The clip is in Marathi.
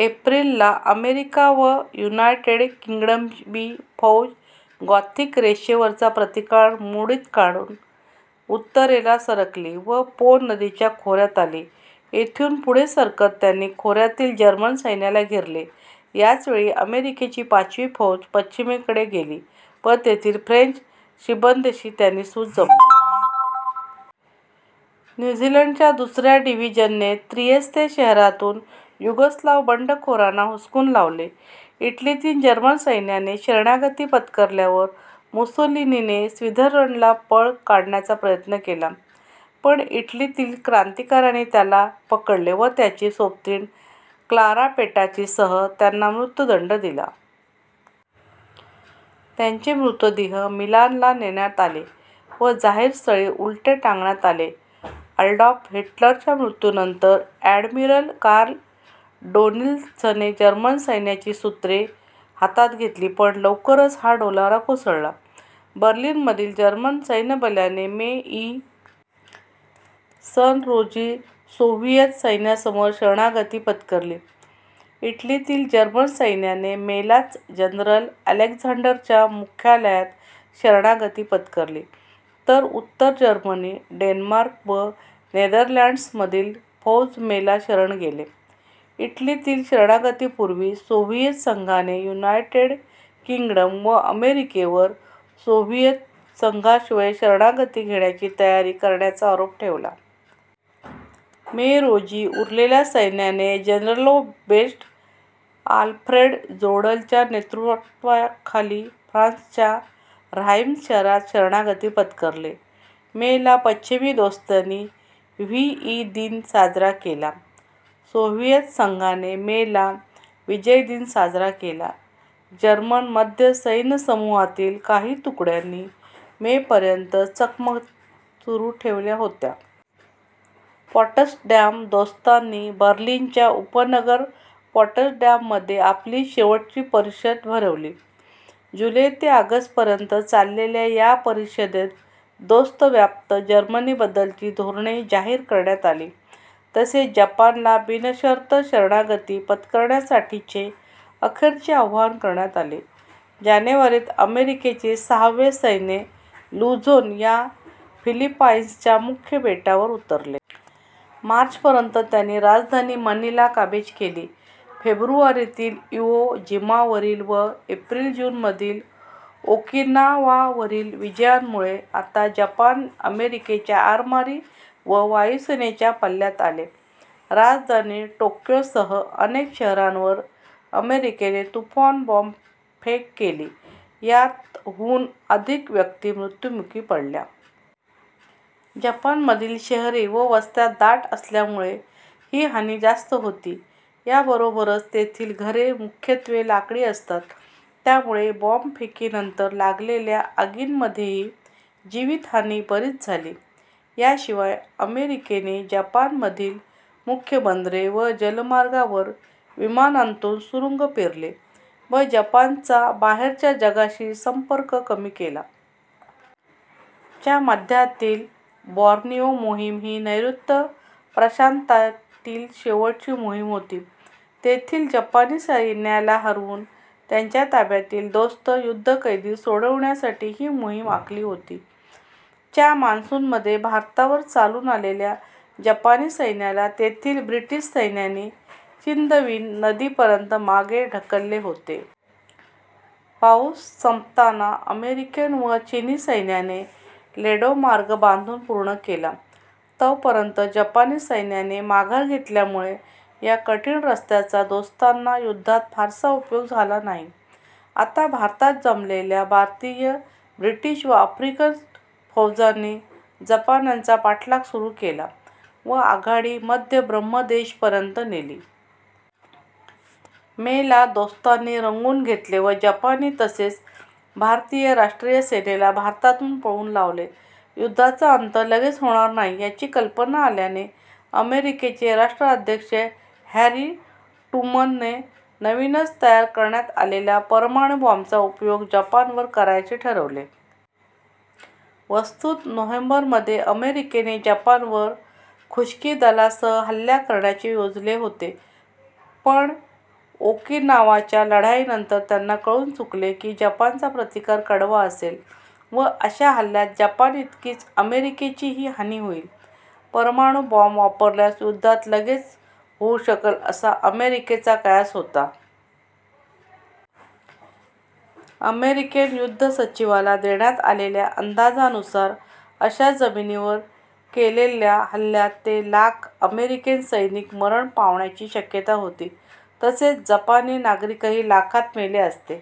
एप्रिल ला अमेरिका व युनायटेड किंग्डमची वी फौज गॉथिक रेषेवरचा प्रतिकार मोडून काढीत उत्तरेला सरकली व पो नदीच्या खोऱ्यात आली. येथून पुढे सरकत त्यांनी खोऱ्यातील जर्मन सैन्याला घेरले. याच वेळी अमेरिकेची पाचवी फौज पश्चिमेकडे गेली व तेथील फ्रेंच शिबंदीशी त्यांनी सूत जमवले. न्यू झीलंडच्या दुसऱ्या डिव्हीजनने त्रियेस्ते शहरातून युगोस्लाव्ह बंडखोरांना हुसकून लावले. इटलीतील जर्मन सैन्याने शरणागती पत्करल्यावर मुसोलिनीने स्वित्झर्लंडला पळ काढण्याचा प्रयत्न केला पण इटलीतील क्रांतीकाऱ्यांनी त्याला पकडले व त्याची सोबतीण क्लारा पेटाची सह त्यांना मृत्युदंड दिला. त्यांचे मृतदेह मिलानला नेण्यात आले व जाहीर स्थळी उलटे टांगण्यात आले. ॲडॉल्फ हिटलरच्या मृत्यूनंतर ॲडमिरल कार्ल डोनित्झने जर्मन सैन्याचे सूत्रे हातात घेतली पण लवकरच हा डोलारा कोसळला. बर्लिनमधील जर्मन सैन्यबलाने मे, इ. स. रोजी सोव्हिएत सैन्यासमोर शरणागती पत्करली. इटलीतील जर्मन सैन्याने मेलाच जनरल अलेक्झांडरच्या मुख्यालयात शरणागती पत्करली तर उत्तर जर्मनी, डेन्मार्क व नेदरलँड्समधील फौज मेला शरण गेले. इटलीतील शरणागतीपूर्वी सोव्हिएत संघाने युनायटेड किंग्डम व अमेरिकेवर सोव्हिएत संघाशिवाय शरणागती घेण्याची तयारी करण्याचा आरोप ठेवला. मे रोजी उरलेल्या सैन्याने जनरलोबेरोस्ट आल्फ्रेड जोड्लच्या नेतृत्वाखाली फ्रान्सच्या ऱ्हाइम्स शहरात शरणागती पत्करली. मे ला पश्चिमी दोस्तांनी व्ही. ई. दिन साजरा केला. सोव्हिएत संघाने मे ला विजय दिन साजरा केला. जर्मन मध्य सैन्यसमूहातील काही तुकड्यांनी मे - पर्यंत चकमकी सुरू ठेवल्या होत्या. पॉट्सडॅम दोस्तांनी बर्लिनच्या उपनगर पॉट्सडॅममध्ये आपली शेवटची परिषद भरवली. जुलै ते ऑगस्ट पर्यंत चाललेल्या या परिषदेत दोस्तव्याप्त जर्मनीबद्दलची धोरणे जाहीर करण्यात आली तसेच जपानला बिनशर्त शरणागती पत्करण्यासाठीचे अखेरचे आवाहन करण्यात आले. जानेवारीत अमेरिकेचे सहावे सैन्य लुझोन या फिलिपाईन्सच्या मुख्य बेटावर उतरले. मार्चपर्यंत त्यांनी राजधानी मनिला काबीज केली. फेब्रुवारीतील इवो जिमावरील व एप्रिल-जूनमधील ओकिनावावरील विजयांमुळे आता जपान अमेरिकेच्या आरमारी व वायुसेनेच्या पल्ल्यात आले. राजधानी टोक्योसह अनेक शहरांवर अमेरिकेने तुफान बॉम्बफेक केली. यात, हून अधिक व्यक्ती मृत्युमुखी पडल्या. जपानमधील शहरे व वस्त्या दाट असल्यामुळे ही हानी जास्त होती. या बरोबरच तेथील घरे मुख्यत्वे लाकडी असतात त्यामुळे बॉम्बफेकीनंतर लागलेल्या आगींमध्येही जीवितहानी बरीच झाली. या शिवाय अमेरिकेने जपानमधील मुख्य बंदरे व जलमार्गांवर विमानांतून सुरूंग पेरले व जपानचा बाहेरच्या जगाशी संपर्क कमी केला. च्या मध्यातील बॉर्नियो मोहीम ही नैर्ऋत्य प्रशांतातील शेवटची मोहीम होती. तेथील जपानी सैन्याला हरवून त्यांच्या ताब्यातील दोस्त युद्धकैदी सोडविण्यासाठी ही मोहीम आखली होती. च्या मॉन्सून मध्ये भारतावर चालून आलेल्या जपानी सैन्याला तेथील ब्रिटिश सैन्याने चिंदविन नदीपर्यंत मागे ढकलले होते. पाऊस संपताना अमेरिकन व चिनी सैन्याने लेडो मार्ग बांधून पूर्ण केला. तोपर्यंत जपानी सैन्याने माघार घेतल्यामुळे या कठीण रस्त्याचा दोस्तांना युद्धात फारसा उपयोग झाला नाही. आता भारतात जमलेल्या भारतीय, ब्रिटिश व आफ्रिकन फौजांनी जपान्यांचा पाठलाग सुरू केला व आघाडी मध्य ब्रह्मदेशपर्यंत नेली. मे ला दोस्तांनी रंगून घेतले व जपानी तसेच भारतीय राष्ट्रीय सेनेला भारतातून पळवून लावले. युद्धाचा अंत लगेच होणार नाही याची कल्पना आल्याने अमेरिकेच्या राष्ट्राध्यक्ष हॅरी ट्रुमनने नवीनच तयार करण्यात आलेल्या परमाणु बॉम्बचा उपयोग जपानवर करायचे ठरवले. वस्तुतः नोव्हेंबरमध्ये अमेरिकेने जपानवर खुश्कीदलासह हल्ला करण्याचे योजिले होते पण ओकिनावाच्या लढाईनंतर त्यांना कळून चुकले की जपानचा प्रतिकार कडवा असेल व अशा हल्ल्यात जपानइतकीच अमेरिकेचीही हानी होईल. परमाणुबॉम्ब वापरल्यास युद्धांत लगेच होऊ शकेल असा अमेरिकेचा कयास होता. अमेरिकन युद्धसचिवाला देण्यात आलेल्या अंदाजानुसार अशा जमिनीवर केलेलल्या हल्ल्यात ते लाख अमेरिकन सैनिक मरण पावण्याची शक्यता होती. तसेच जपानी नागरिकही लाखांत मेले असते.